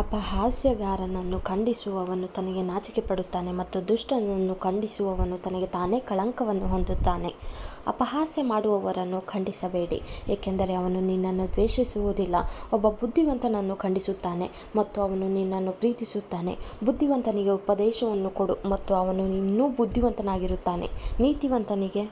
ಅಪಹಾಸ್ಯಗಾರನನ್ನು ಖಂಡಿಸುವವನು ತನಗೆ ನಾಚಿಕೆಪಡುತ್ತಾನೆ ಮತ್ತು ದುಷ್ಟನನ್ನು ಖಂಡಿಸುವವನು ತನಗೆ ತಾನೇ ಕಳಂಕವನ್ನು ಹೊಂದುತ್ತಾನೆ ಅಪಹಾಸ್ಯ ಮಾಡುವವರನ್ನು ಖಂಡಿಸಬೇಡಿ, ಏಕೆಂದರೆ ಅವನು ನಿನ್ನನ್ನು ದ್ವೇಷಿಸುವುದಿಲ್ಲ, ಒಬ್ಬ ಬುದ್ಧಿವಂತನನ್ನು ಖಂಡಿಸುತ್ತಾನೆ ಮತ್ತು ಅವನು ನಿನ್ನನ್ನು ಪ್ರೀತಿಸುತ್ತಾನೆ. ಬುದ್ಧಿವಂತನಿಗೆ ಉಪದೇಶವನ್ನು ಕೊಡು ಮತ್ತು ಅವನು ಇನ್ನೂ ಬುದ್ಧಿವಂತನಾಗಿರುತ್ತಾನೆ, ನೀತಿವಂತನಿಗೆ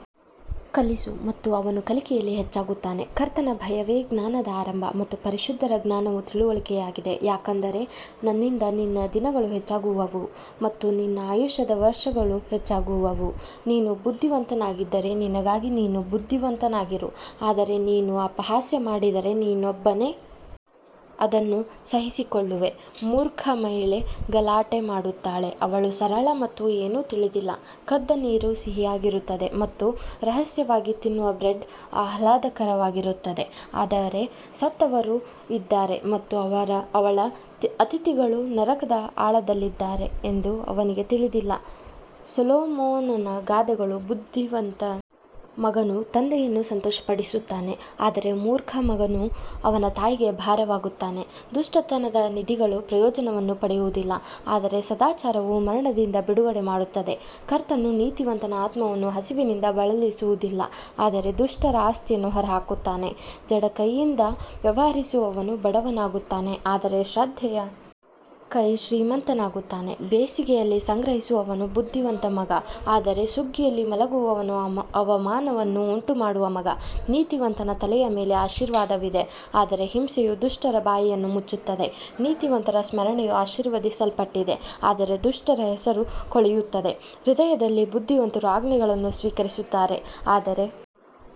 ಕಲಿಸು ಮತ್ತು ಅವನು ಕಲಿಕೆಯಲ್ಲಿ ಹೆಚ್ಚಾಗುತ್ತಾನೆ ಕರ್ತನ ಭಯವೇ ಜ್ಞಾನದ ಆರಂಭ ಮತ್ತು ಪರಿಶುದ್ಧರ ಜ್ಞಾನವು ತಿಳುವಳಿಕೆಯಾಗಿದೆ ಯಾಕಂದರೆ ನನ್ನಿಂದ ನಿನ್ನ ದಿನಗಳು ಹೆಚ್ಚಾಗುವವು ಮತ್ತು ನಿನ್ನ ಆಯುಷ್ಯದ ವರ್ಷಗಳು ಹೆಚ್ಚಾಗುವವು ನೀನು ಬುದ್ಧಿವಂತನಾಗಿದ್ದರೆ ನಿನಗಾಗಿ ನೀನು ಬುದ್ಧಿವಂತನಾಗಿರು ಆದರೆ ನೀನು ಅಪಹಾಸ್ಯ ಮಾಡಿದರೆ ನೀನೊಬ್ಬನೇ ಅದನ್ನು ಸಹಿಸಿಕೊಳ್ಳುವೆ ಮೂರ್ಖ ಮಹಿಳೆ ಗಲಾಟೆ ಮಾಡುತ್ತಾಳೆ, ಅವಳು ಸರಳ ಮತ್ತು ಏನೂ ತಿಳಿದಿಲ್ಲ ಕದ್ದ ನೀರು ಸಿಹಿಯಾಗಿರುತ್ತದೆ ಮತ್ತು ರಹಸ್ಯವಾಗಿ ತಿನ್ನುವ ಬ್ರೆಡ್ ಆಹ್ಲಾದಕರವಾಗಿರುತ್ತದೆ ಆದರೆ ಸತ್ತವರು ಇದ್ದಾರೆ ಮತ್ತು ಅವಳ ಅತಿಥಿಗಳು ನರಕದ ಆಳದಲ್ಲಿದ್ದಾರೆ ಎಂದು ಅವನಿಗೆ ತಿಳಿದಿಲ್ಲ ಸೊಲೊಮೋನನ ಗಾದೆಗಳು ಬುದ್ಧಿವಂತ ಮಗನು ತಂದೆಯನ್ನು ಸಂತೋಷಪಡಿಸುತ್ತಾನೆ ಆದರೆ ಮೂರ್ಖ ಮಗನು ಅವನ ತಾಯಿಗೆ ಭಾರವಾಗುತ್ತಾನೆ ದುಷ್ಟತನದ ನಿಧಿಗಳು ಪ್ರಯೋಜನವನ್ನು ಪಡೆಯುವುದಿಲ್ಲ ಆದರೆ ಸದಾಚಾರವು ಮರಣದಿಂದ ಬಿಡುಗಡೆ ಮಾಡುತ್ತದೆ ಕರ್ತನು ನೀತಿವಂತನ ಆತ್ಮವನ್ನು ಹಸಿವಿನಿಂದ ಬಳಲಿಸುವುದಿಲ್ಲ ಆದರೆ ದುಷ್ಟರ ಆಸ್ತಿಯನ್ನು ಹೊರಹಾಕುತ್ತಾನೆ ಜಡ ಕೈಯಿಂದ ವ್ಯವಹರಿಸುವವನು ಬಡವನಾಗುತ್ತಾನೆ ಆದರೆ ಶ್ರದ್ಧೆಯ ಕೈ ಶ್ರೀಮಂತನಾಗುತ್ತಾನೆ ಬೇಸಿಗೆಯಲ್ಲಿ ಸಂಗ್ರಹಿಸುವವನು ಬುದ್ಧಿವಂತ ಮಗ ಆದರೆ ಸುಗ್ಗಿಯಲ್ಲಿ ಮಲಗುವವನು ಅವಮಾನವನ್ನು ಉಂಟುಮಾಡುವ ಮಗ ನೀತಿವಂತನ ತಲೆಯ ಮೇಲೆ ಆಶೀರ್ವಾದವಿದೆ ಆದರೆ ಹಿಂಸೆಯು ದುಷ್ಟರ ಬಾಯಿಯನ್ನು ಮುಚ್ಚುತ್ತದೆ ನೀತಿವಂತರ ಸ್ಮರಣೆಯು ಆಶೀರ್ವದಿಸಲ್ಪಟ್ಟಿದೆ ಆದರೆ ದುಷ್ಟರ ಹೆಸರು ಕೊಳೆಯುತ್ತದೆ ಹೃದಯದಲ್ಲಿ ಬುದ್ಧಿವಂತರು ಆಜ್ಞೆಗಳನ್ನು ಸ್ವೀಕರಿಸುತ್ತಾರೆ ಆದರೆ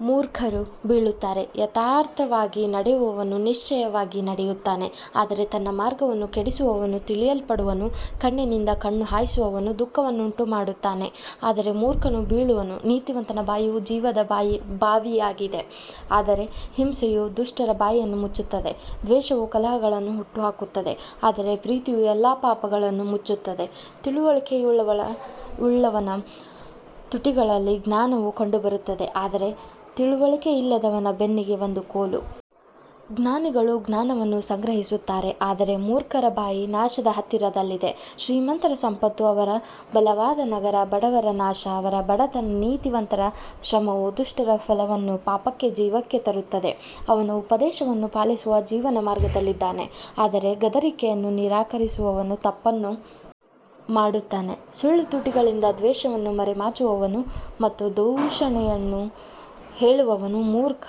ಮೂರ್ಖರು ಬೀಳುತ್ತಾರೆ ಯಥಾರ್ಥವಾಗಿ ನಡೆಯುವವನು ನಿಶ್ಚಯವಾಗಿ ನಡೆಯುತ್ತಾನೆ ಆದರೆ ತನ್ನ ಮಾರ್ಗವನ್ನು ಕೆಡಿಸುವವನು ತಿಳಿಯಲ್ಪಡುವನು ಕಣ್ಣಿನಿಂದ ಕಣ್ಣು ಹಾಯಿಸುವವನು ದುಃಖವನ್ನುಂಟುಮಾಡುತ್ತಾನೆ, ಆದರೆ ಮೂರ್ಖನು ಬೀಳುವನು ನೀತಿವಂತನ ಬಾಯಿಯು ಜೀವದ ಬಾವಿಯಾಗಿದೆ ಆದರೆ ಹಿಂಸೆಯು ದುಷ್ಟರ ಬಾಯಿಯನ್ನು ಮುಚ್ಚುತ್ತದೆ ದ್ವೇಷವು ಕಲಹಗಳನ್ನು ಹುಟ್ಟುಹಾಕುತ್ತದೆ ಆದರೆ ಪ್ರೀತಿಯು ಎಲ್ಲಾ ಪಾಪಗಳನ್ನು ಮುಚ್ಚುತ್ತದೆ ತಿಳುವಳಿಕೆಯುಳ್ಳವನ ತುಟಿಗಳಲ್ಲಿ ಜ್ಞಾನವು ಕಂಡುಬರುತ್ತದೆ ಆದರೆ ತಿಳುವಳಿಕೆಯಿಲ್ಲದವನ ಬೆನ್ನಿಗೆ ಒಂದು ಕೋಲು. ಜ್ಞಾನಿಗಳು ಜ್ಞಾನವನ್ನು ಸಂಗ್ರಹಿಸುತ್ತಾರೆ ಆದರೆ ಮೂರ್ಖರ ಬಾಯಿ ನಾಶದ ಹತ್ತಿರದಲ್ಲಿದೆ ಶ್ರೀಮಂತರ ಸಂಪತ್ತು ಅವರ ಬಲವಾದ ನಗರ, ಬಡವರ ನಾಶ ಅವರ ಬಡತನ ನೀತಿವಂತರ ಶ್ರಮವು ದುಷ್ಟರ ಫಲವನ್ನು ಪಾಪಕ್ಕೆ ಜೀವಕ್ಕೆ ತರುತ್ತದೆ ಅವನು ಉಪದೇಶವನ್ನು ಪಾಲಿಸುವ ಜೀವನ ಮಾರ್ಗದಲ್ಲಿದ್ದಾನೆ ಆದರೆ ಗದರಿಕೆಯನ್ನು ನಿರಾಕರಿಸುವವನು ತಪ್ಪನ್ನು ಮಾಡುತ್ತಾನೆ ಸುಳ್ಳು ತುಟಿಗಳಿಂದ ದ್ವೇಷವನ್ನು ಮರೆಮಾಚುವವನು ಮತ್ತು ದೂಷಣೆಯನ್ನು ಹೇಳುವವನು ಮೂರ್ಖ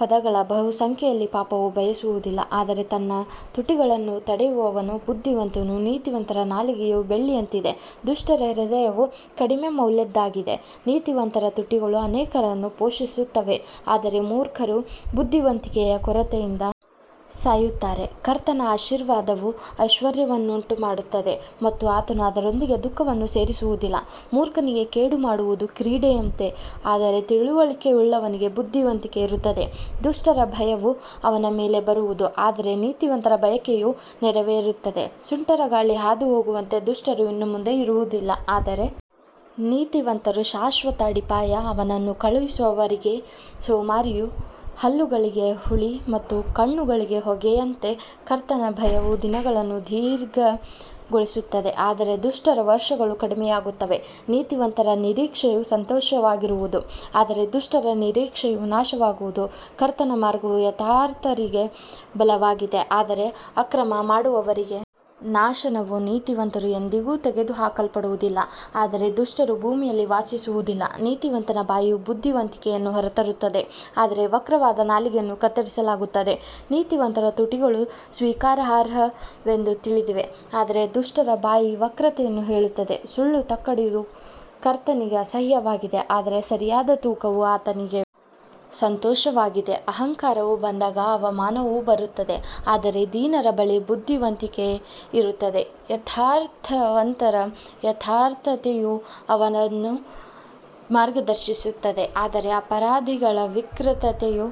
ಪದಗಳ ಬಹುಸಂಖ್ಯೆಯಲ್ಲಿ ಪಾಪವು ಬಯಸುವುದಿಲ್ಲ ಆದರೆ ತನ್ನ ತುಟಿಗಳನ್ನು ತಡೆಯುವವನು ಬುದ್ಧಿವಂತನು ನೀತಿವಂತರ ನಾಲಿಗೆಯು ಬೆಳ್ಳಿಯಂತಿದೆ, ದುಷ್ಟರ ಹೃದಯವು ಕಡಿಮೆ ಮೌಲ್ಯದ್ದಾಗಿದೆ ನೀತಿವಂತರ ತುಟಿಗಳು ಅನೇಕರನ್ನು ಪೋಷಿಸುತ್ತವೆ ಆದರೆ ಮೂರ್ಖರು ಬುದ್ಧಿವಂತಿಕೆಯ ಕೊರತೆಯಿಂದ ಸಾಯುತ್ತಾರೆ ಕರ್ತನ ಆಶೀರ್ವಾದವು ಐಶ್ವರ್ಯವನ್ನುಂಟುಮಾಡುತ್ತದೆ ಮತ್ತು ಆತನು ಅದರೊಂದಿಗೆ ದುಃಖವನ್ನು ಸೇರಿಸುವುದಿಲ್ಲ ಮೂರ್ಖನಿಗೆ ಕೇಡು ಮಾಡುವುದು ಕ್ರೀಡೆಯಂತೆ ಆದರೆ ತಿಳುವಳಿಕೆಯುಳ್ಳವನಿಗೆ ಬುದ್ಧಿವಂತಿಕೆ ಇರುತ್ತದೆ ದುಷ್ಟರ ಭಯವು ಅವನ ಮೇಲೆ ಬರುವದು ಆದರೆ ನೀತಿವಂತರ ಬಯಕೆಯು ನೆರವೇರುತ್ತದೆ ಸುಂಟರಗಾಳಿ ಹಾದುಹೋಗುವಂತೆ ದುಷ್ಟರು ಇನ್ನು ಮುಂದೆ ಇರುವುದಿಲ್ಲ ಆದರೆ ನೀತಿವಂತರು ಶಾಶ್ವತ ಅಡಿಪಾಯ ಅವನನ್ನು ಕಳುಹಿಸುವವರಿಗೆ ಸೋಮಾರಿಯು ಹಲ್ಲುಗಳಿಗೆ ಹುಳಿ ಮತ್ತು ಕಣ್ಣುಗಳಿಗೆ ಹೊಗೆಯಂತೆ ಕರ್ತನ ಭಯವು ದಿನಗಳನ್ನು ದೀರ್ಘಗೊಳಿಸುತ್ತದೆ ಆದರೆ ದುಷ್ಟರ ವರ್ಷಗಳು ಕಡಿಮೆಯಾಗುತ್ತವೆ ನೀತಿವಂತರ ನಿರೀಕ್ಷೆಯು ಸಂತೋಷವಾಗಿರುವದು ಆದರೆ ದುಷ್ಟರ ನಿರೀಕ್ಷೆಯು ನಾಶವಾಗುವುದು ಕರ್ತನ ಮಾರ್ಗವು ಯಥಾರ್ಥರಿಗೆ ಬಲವಾಗಿದೆ ಆದರೆ ಅಕ್ರಮ ಮಾಡುವವರಿಗೆ ನಾಶನವು ನೀತಿವಂತರು ಎಂದಿಗೂ ತೆಗೆದುಹಾಕಲ್ಪಡುವುದಿಲ್ಲ ಆದರೆ ದುಷ್ಟರು ಭೂಮಿಯಲ್ಲಿ ವಾಸಿಸುವುದಿಲ್ಲ ನೀತಿವಂತನ ಬಾಯಿಯು ಬುದ್ಧಿವಂತಿಕೆಯನ್ನು ಹೊರತರುತ್ತದೆ ಆದರೆ ವಕ್ರವಾದ ನಾಲಿಗೆಯನ್ನು ಕತ್ತರಿಸಲಾಗುತ್ತದೆ ನೀತಿವಂತರ ತುಟಿಗಳು ಸ್ವೀಕಾರಾರ್ಹವೆಂದು ತಿಳಿದಿವೆ ಆದರೆ ದುಷ್ಟರ ಬಾಯಿ ವಕ್ರತೆಯನ್ನು ಹೇಳುತ್ತದೆ ಸುಳ್ಳು ತಕ್ಕಡಿಯು ಕರ್ತನಿಗೆ ಅಸಹ್ಯವಾಗಿದೆ ಆದರೆ ಸರಿಯಾದ ತೂಕವು ಆತನಿಗೆ ಸಂತೋಷವಾಗಿದೆ ಅಹಂಕಾರವು ಬಂದಾಗ ಅವಮಾನವು ಬರುತ್ತದೆ ಆದರೆ ದೀನರ ಬಳಿ ಬುದ್ಧಿವಂತಿಕೆ ಇರುತ್ತದೆ ಯಥಾರ್ಥವಂತರ ಯಥಾರ್ಥತೆಯು ಅವರನ್ನು ಮಾರ್ಗದರ್ಶಿಸುತ್ತದೆ ಆದರೆ ಅಪರಾಧಿಗಳ ವಿಕೃತತೆಯು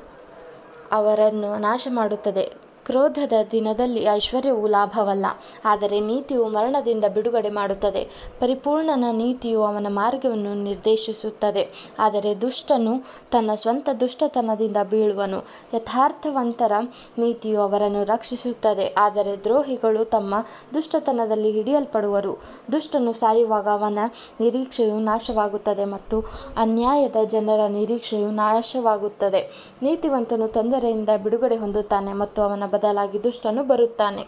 ಅವರನ್ನು ನಾಶಮಾಡುತ್ತದೆ ಕ್ರೋಧದ ದಿನದಲ್ಲಿ ಐಶ್ವರ್ಯವು ಲಾಭವಲ್ಲ ಆದರೆ ನೀತಿಯು ಮರಣದಿಂದ ಬಿಡುಗಡೆ ಮಾಡುತ್ತದೆ ಪರಿಪೂರ್ಣನ ನೀತಿಯು ಅವನ ಮಾರ್ಗವನ್ನು ನಿರ್ದೇಶಿಸುತ್ತದೆ ಆದರೆ ದುಷ್ಟನು ತನ್ನ ಸ್ವಂತ ದುಷ್ಟತನದಿಂದ ಬೀಳುವನು ಯಥಾರ್ಥವಂತರ ನೀತಿಯು ಅವರನ್ನು ರಕ್ಷಿಸುತ್ತದೆ ಆದರೆ ದ್ರೋಹಿಗಳು ತಮ್ಮ ದುಷ್ಟತನದಲ್ಲಿ ಹಿಡಿಯಲ್ಪಡುವರು ದುಷ್ಟನು ಸಾಯುವಾಗ ಅವನ ನಿರೀಕ್ಷೆಯು ನಾಶವಾಗುತ್ತದೆ ಮತ್ತು ಅನ್ಯಾಯದ ಜನರ ನಿರೀಕ್ಷೆಯು ನಾಶವಾಗುತ್ತದೆ ನೀತಿವಂತನು ತೊಂದರೆಯಿಂದ ಬಿಡುಗಡೆ ಹೊಂದುತ್ತಾನೆ ಮತ್ತು ಅವನ ಬದಲಾಗಿ ದುಷ್ಟನು ಬರುತ್ತಾನೆ.